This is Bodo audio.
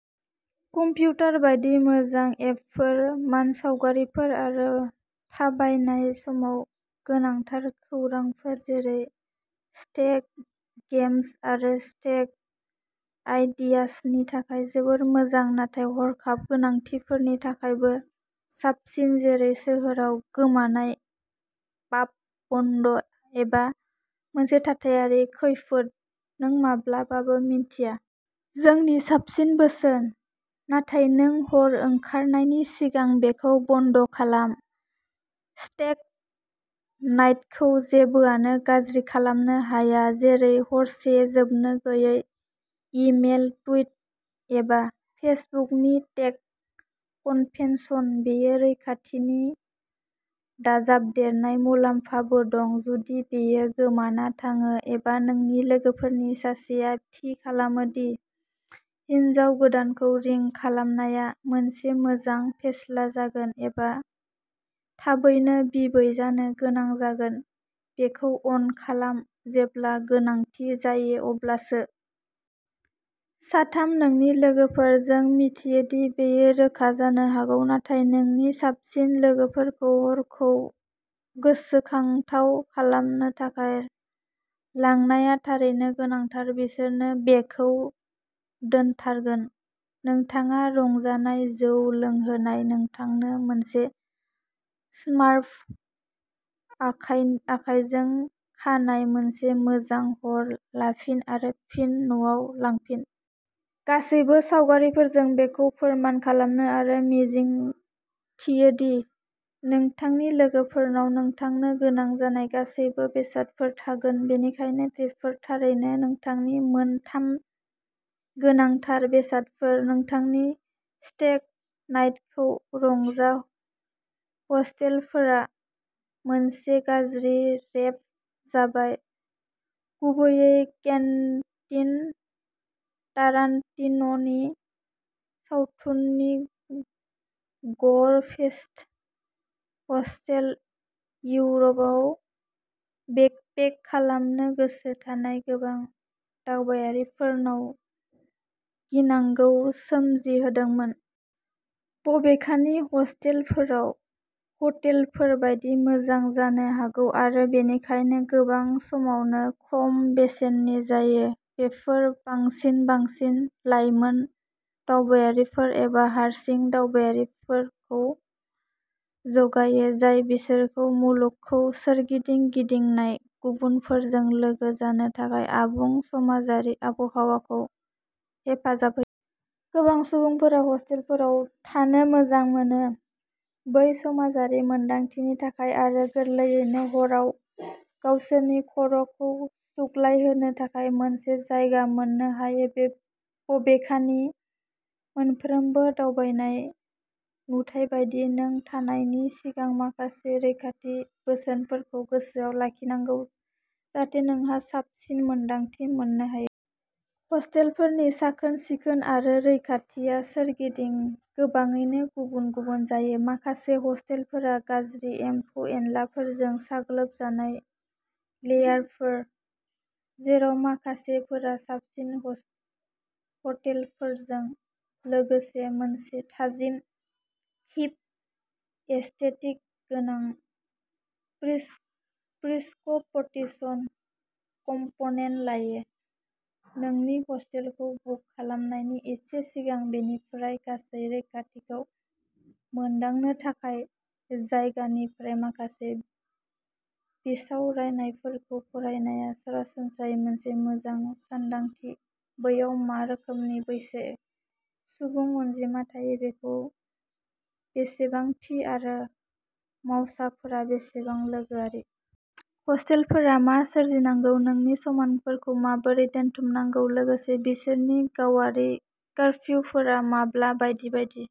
कम्पिटार बायदि मोजां एपफोर, मानसावगारिफोर आरो थाबायनाय समाव गोनांथार खौरांफोर जेरै स्टेग गेम्स आरो स्टेग आइडियाजनि थाखाय जोबोद मोजां। नाथाय हरखाब गोनांथिफोरनि थाखायबो साबसिन, जेरै सोहोराव गोमानाय, पाब बन्द एबा मोनसे थाथायारि खैफोद नों माब्लाबाबो मिन्थिया। जोंनि साबसिन बोसोन, नाथाय नों हर ओंखारनायनि सिगां बेखौ बन्द खालाम। स्टेग नाइटखौ जेबोआनो गाज्रि खालामनो हाया जेरै हरसे जोबनो गैयै इमेल, टुइट एबा फेसबुकनि टेक कनभेनसन बेयो रैखाथिनि दाजाबदेरनाय मुलाम्फाबो दं, जुदि बेयो गोमाना थाङो एबा नोंनि लोगोफोरनि सासेया थि खालामो दि हिनजाव गोदानखौ रिं खालामनाया मोनसे मोजां फेस्ला जागोन, एबा थाबैनो बिबै जानो गोनां जागोन बेखौ अन खालाम, जेब्ला गोनांथि जायो अब्लासो। साथाम नोंनि लोगोफोर। जों मिथियो दि बेयो रोखा जानो हागौ, नाथाय नोंनि साबसिन लोगोफोरखौ हरखौ गोसोखांथाव खालामनो थाखाय लांनाया थारैनो गोनांथार। बिसोरनो बेखौ दोनथारगोन। नोंथाङा रंजानाय, जौ लोंहोनाय, नोंथांनो मोनसे स्मार्फ आखाय आखायजों खानाय, मोनसे मोजां हर लाफिन आरो फिन न'आव लांफिन। गासैबो सावगारिफोरजों बेखौ फोरमान खालामनो आरो मिजिंथियो दि नोंथांनि लोगोफोरनाव नोंथांनो गोनां जानाय गासैबो बेसादफोर थागोन। बेनिखायनो, बेफोर थारैनो नोंथांनि मोन थाम गोनांथार बेसादफोर, नोंथांनि स्टेग नाइटखौ रंजा हस्टेलफोरा मोनसे गाज्रि रेप जाबाय, गुबैयै केन्टिन टारान्टिन'नि सावथुननि गर फेस्ट, हस्टेल, इउर'पआव बेकपेक खालामनो गोसो थानाय गोबां दावबायारिफोरनाव गिनांगौ सोमजिहोदोंमोन। बबेखानि, हस्टेलफोरा ह'टेलफोर बायदि मोजां जानो हागौ आरो बेनिखायनो गोबां समावनो खम बेसेननि जायो। बेफोर बांसिनै बांसिन लाइमोन दावबायारिफोर एबा हारसिं दावबायारिफोरखौ जगायो, जाय बिसोरखौ मुलुगखौ सोरगिदिं गिदिंनाय गुबुनफोरजों लोगो जानो थाखाय आबुं समाजारि आबहावाखौ हेफाजाब होयो। गोबां सुबुंफोरा हस्टेलफोराव थानो मोजां मोनो बै समाजारि मोनदांथिनि थाखाय आरो गोरलैयैनो हराव गावसोरनि खर'खौ सुग्लायहोनो थाखाय मोनसे जायगा मोननो हायो। बे बबेखानि, मोनफ्रोमबो दावबायनाय नुथाय बायदि, नों थानायनि सिगां माखासे रैखाथि बोसोनफोरखौ गोसोआव लाखिनांगौ, जाहाथे नोंहा साबसिन मोनदांथि मोननो हायो। हस्टेलफोरनि साखोन-सिखोन आरो रैखाथिआ सोरगिदिं गोबाङैनो गुबुन गुबुन जायो। माखासे ह-हस्टेलफोरा गाज्रि एमफौ एनलाफोरजों साग्लोबजानाय लेयारफोर, जेराव माखासेफोरा साबसिन हटेलफोरजों लोगोसे मोनसे थाजिम हिप एस्थेटिक गोनां प्रिस प्रिस्कपटिसन कम्प'नेन लायो। नोंनि हस्टेलखौ बुक खालामनायनि एसे सिगां, बेनिफ्राय गासै रैखाथिखौ मोनदांनो थाखाय जायगानिफ्राय माखासे बिसावरायनायफोरखौ फरायनाया सरासनस्रायै मोनसे मोजां सानदांथि, बैयाव मा रोखोमनि बैसो सुबुं अनजिमा थायो, बेयो बेसेबां थि, आरो मावसाफोरा बेसेबां लोगोआरि। हस्टेलफोरा मा सोरजिनांगौ, नोंनि समानफोरखौ माबोरै दोनथुमनांगौ, लोगोसे बिसोरनि गावारि कारफिउफोरा माब्ला बायदि बायदि।